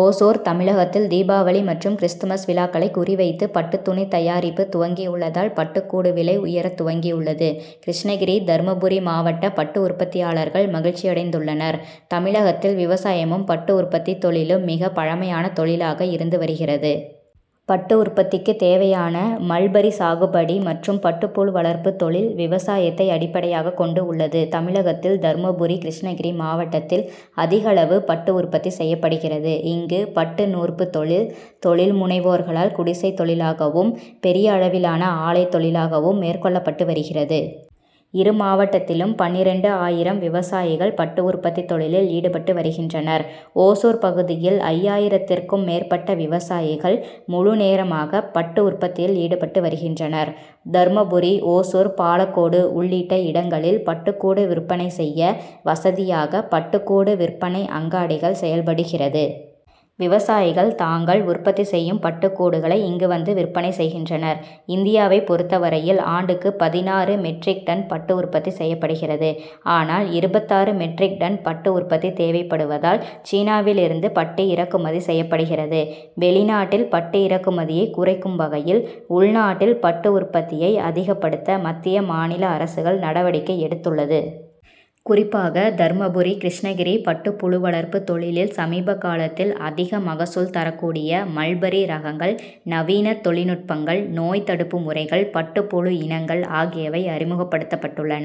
ஓசூர் தமிழகத்தில் தீபாவளி மற்றும் கிறிஸ்துமஸ் விழாக்களை குறி வைத்து பட்டு துணி தயாரிப்பு துவங்கியுள்ளதால், பட்டு கூடு விலை உயர துவங்கியுள்ளது. கிருஷ்ணகிரி, தர்மபுரி மாவட்ட பட்டு உற்பத்தியாளர்கள் மகிழ்ச்சியடைந்துள்ளனர். தமிழகத்தில் விவசாயமும், பட்டு உற்பத்தி தொழிலும் மிக பழமையான தொழிலாளாக இருந்து வருகிறது. பட்டு உற்பத்திக்கு தேவையான மல்பரி சாகுபடி மற்றும் பட்டுப்புழு வளர்ப்பு தொழில் விவசாயத்தை அடிப்படையாக கொண்டு உள்ளது. தமிழகத்தில் தர்மபுரி, கிருஷ்ணகிரி மாவட்டத்தில் அதிகளவு பட்டு உற்பத்தி செய்யப்படுகிறது. இங்கு பட்டு நூற்பு தொழில் தொழில் முனைவோர்களால் குடிசை தொழிலாகவும், பெரிய அளவிலான ஆலை தொழிலாகவும் மேற்கொள்ளப்பட்டு வருகிறது. இரு மாவட்டத்திலும் பன்னிரண்டு ஆயிரம் விவசாயிகள் பட்டு உற்பத்தி தொழிலில் ஈடுபட்டு வருகின்றனர். ஓசூர் பகுதியில் ஐயாயிரத்துக்கும் மேற்பட்ட விவசாயிகள் முழுநேரமாக பட்டு உற்பத்தியில் ஈடுபட்டு வருகின்றனர். தர்மபுரி, ஓசூர், பாலக்கோடு உள்ளிட்ட இடங்களில் பட்டு கூடு விற்பனை செய்ய வசதியாக பட்டு கூடு விற்பனை அங்காடிகள் செயல்படுகிறது. விவசாயிகள் தாங்கள் உற்பத்தி செய்யும் பட்டு கூடுகளை இங்கு வந்து விற்பனை செய்கின்றனர். இந்தியாவை பொறுத்தவரையில் ஆண்டுக்கு பதினாறு மெட்ரிக்டன் பட்டு உற்பத்தி செய்யப்படுகிறது. ஆனால், இருபத்தாறு மெட்ரிக்டன் பட்டு உற்பத்தி தேவைப்படுவதால் சீனாவில் இருந்து பட்டு இறக்குமதி செய்யப்படுகிறது. வெளிநாட்டில் பட்டு இறக்குமதியை குறைக்கும் வகையில் உள்நாட்டில் பட்டு உற்பத்தியை அதிகப்படுத்த மத்திய, மாநில அரசுகள் நடவடிக்கை எடுத்துள்ளது. குறிப்பாக தர்மபுரி, கிருஷ்ணகிரி பட்டு புழு வளர்ப்பு தொழிலில் சமீப காலத்தில் அதிக மகசூல் தரக்கூடிய மல்பரி ரகங்கள், நவீன தொழில்நுட்பங்கள், நோய் தடுப்பு முறைகள், பட்டுப்புழு இனங்கள் ஆகியவை அறிமுகப்படுத்தப்பட்டுள்ளன.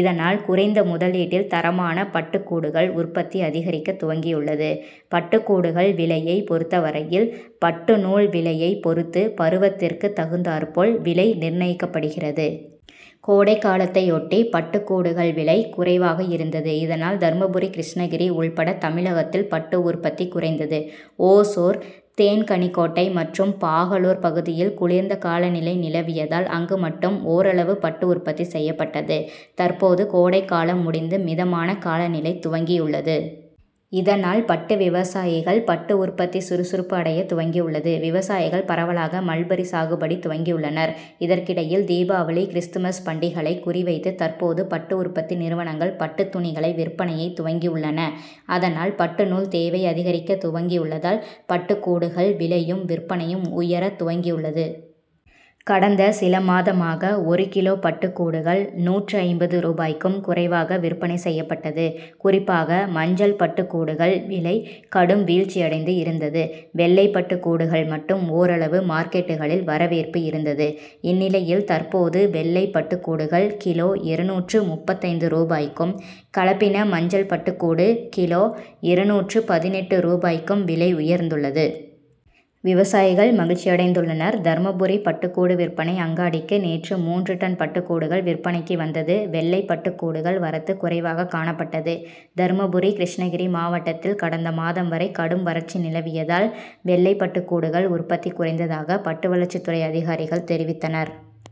இதனால், குறைந்த முதலீட்டில் தரமான பட்டு கூடுகள் உற்பத்தி அதிகரிக்க துவங்கியுள்ளது. பட்டு கூடுகள் விலையை பொறுத்தவரையில் பட்டு நூல் விலையை பொறுத்து பருவத்திற்கு தகுந்தாற்போல் விலை நிர்ணயிக்கப்படுகிறது. கோடைகாலத்தையொட்டி பட்டு கூடுகள் விலை குறைவாக இருந்தது. இதனால், தர்மபுரி, கிருஷ்ணகிரி உள்பட தமிழகத்தில் பட்டு உற்பத்தி குறைந்தது. ஓசூர், தேன்கனிக்கோட்டை மற்றும் பாகலூர் பகுதியில் குளிர்ந்த காலநிலை நிலவியதால், அங்கு மட்டும் ஒரளவு பட்டு உற்பத்தி செய்யப்பட்டது. தற்போது கோடை காலம் முடிந்து மிதமான காலநிலை துவங்கியுள்ளது. இதனால், பட்டு விவசாயிகள் பட்டு உற்பத்தி சுறுசுறுப்பு அடைய துவங்கியுள்ளது. விவசாயிகள் பரவலாக மல்பரி சாகுபடி துவங்கியுள்ளனர். இதற்கிடையில் தீபாவளி, கிறிஸ்துமஸ் பண்டிகளை குறி வைத்து தற்போது பட்டு உற்பத்தி நிறுவனங்கள் பட்டு துணிகளை விற்பனையை துவங்கியுள்ளன. அதனால், பட்டு நூல் தேவை அதிகரிக்க துவங்கியுள்ளதால், பட்டு கூடுகள் விலையும், விற்பனையும் உயர துவங்கியுள்ளது. கடந்த சில மாதமாக ஒரு கிலோ பட்டு கூடுகள் நூற்று ஐம்பது ரூபாய்க்கும் குறைவாக விற்பனை செய்யப்பட்டது. குறிப்பாக மஞ்சள் பட்டு கூடுகள் விலை கடும் வீழ்ச்சியடைந்து இருந்தது. வெள்ளை பட்டு கூடுகள் மட்டும் ஒரளவு மார்க்கெட்டுகளில் வரவேற்பு இருந்தது. இந்நிலையில் தற்போது வெள்ளை பட்டு கூடுகள் கிலோ இருநூற்று முப்பத்தைந்து ரூபாய்க்கும், கலப்பின மஞ்சள் பட்டு கூடு கிலோ இருநூற்று பதினெட்டு ரூபாய்க்கும் விலை உயர்ந்துள்ளது. விவசாயிகள் மகிழ்ச்சியடைந்துள்ளனர். தர்மபுரி பட்டு கூடு விற்பனை அங்காடிக்கு நேற்று மூன்று டன் பட்டு கூடுகள் விற்பனைக்கு வந்தது. வெள்ளை பட்டு கூடுகள் வரத்து குறைவாக காணப்பட்டது. தர்மபுரி, கிருஷ்ணகிரி மாவட்டத்தில் கடந்த மாதம் வரை கடும் வறட்சி நிலவியதால், வெள்ளை பட்டு கூடுகள் உற்பத்தி குறைந்ததாக பட்டுவளர்ச்சி துறை அதிகாரிகள் தெரிவித்தனர்.